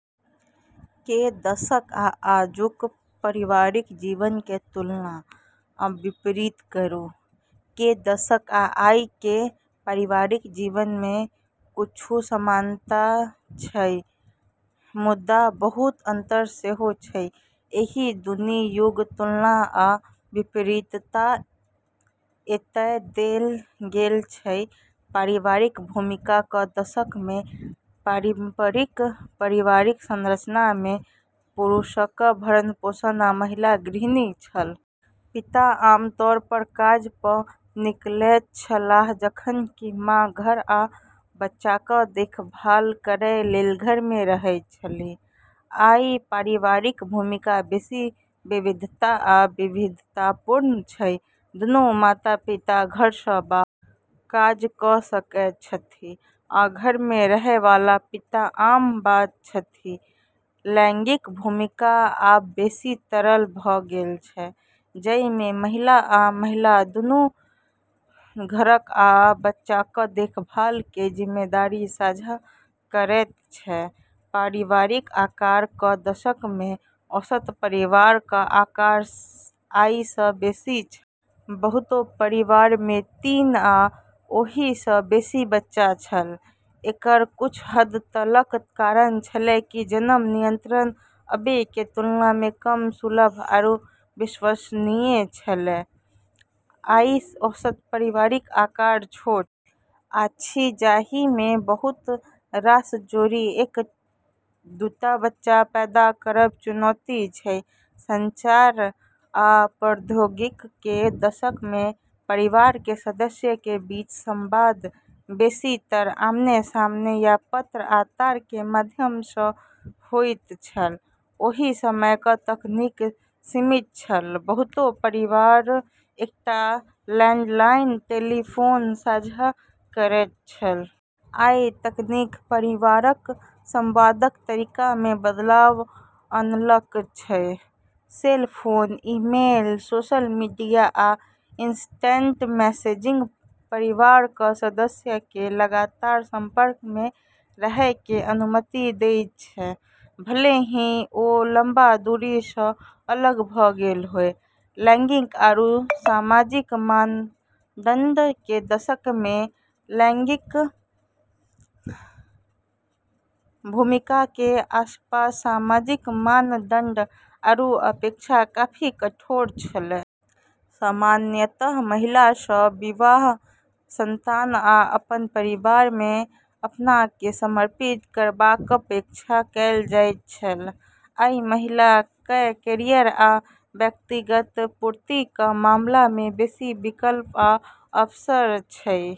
के दशक आ आजुक पारिवारिक जीवन के तुलना आ विपरीत करू, के दशक आ आइ के पारिवारिक जीवन में किछु समानता अछि मुदा बहुत अंतर सेहो अछि। एहि दुनू युगक तुलना आ विपरीतता एतय देल गेल अछि, पारिवारिक भूमिका क दशक मे पारंपरिक पारिवारिक संरचना मे पुरुषक भरण-पोषण आ महिला गृहिणी छल। पिता आमतौर पर काज पर निकलैत छलाह जखन कि मां घर आ बच्चाक देखभाल करय लेल घर मे रहैत छलीह, आइ पारिवारिक भूमिका बेसी विविधता आ विविधतापूर्ण अछि। दुनू माता-पिता घर सं बाहर काज क सकैत छथि आ घर मे रहय वाला पिता आम बात अछि, लैंगिक भूमिका आब बेसि तरल भ गेल छै, जइ मे महिला आ महिला दूनू घरक आ बच्चाक कें देखभाल कें जिम्मेदारी साझा करएयत छै, परिवारक आकार क दशक मे औसत परिवार क आकार आइ स बेसी छल। बहुतो परिवार मे तीन या ओहि स बेसी बच्चा छल, एकरऽ कुछ हद तलक कारण छेलै कि जन्म नियंत्रण अबे के तुलना मे कम सुलभ आरू विश्वसनीय छेलै। आइ औसत परिवारक आकार छोट अछि जाहि मे बहुत रास जोड़ी एक-दूटा बच्चा पैदा करब चुनैत अछि, संचार आ प्रौद्योगिकी के दशक में परिवार के सदस्य के बीच संवाद बेसीतर आमने-सामने या पत्र आ तार के माध्यम सं होइत छल ओहि समयक तकनीक सीमित छल, बहुतो परिवार एकटा लैंडलाइन टेलीफोन साझा करैत छल। आइ तकनीक परिवारक संवादक तरीका मे बदलाव अनलक अछि। Cell phone, email, social media आ इंस्टेंट मैसेजिंग परिवार कें सदस्यक कें लगातार संपर्क मे रहय कें अनुमति देयत छै, भले ही ओ लंबा दूरी सं अलग भ गेल होय, लैंगिक आरू सामाजिक मानदंड के दशक मे लैंगिक भूमिका के आसपास सामाजिक मानदंड आरू अपेक्षा काफी कठोर छेलै। सामान्यतः महिला सँ विवाह, संतान आ अपन परिवार मे अपना केँ समर्पित करबाक अपेक्षा कयल जाइत छल आइ महिला कए कैरियर आ व्यक्तिगत पूर्ति क मामला मे बेसी विकल्प आ अवसर अछि।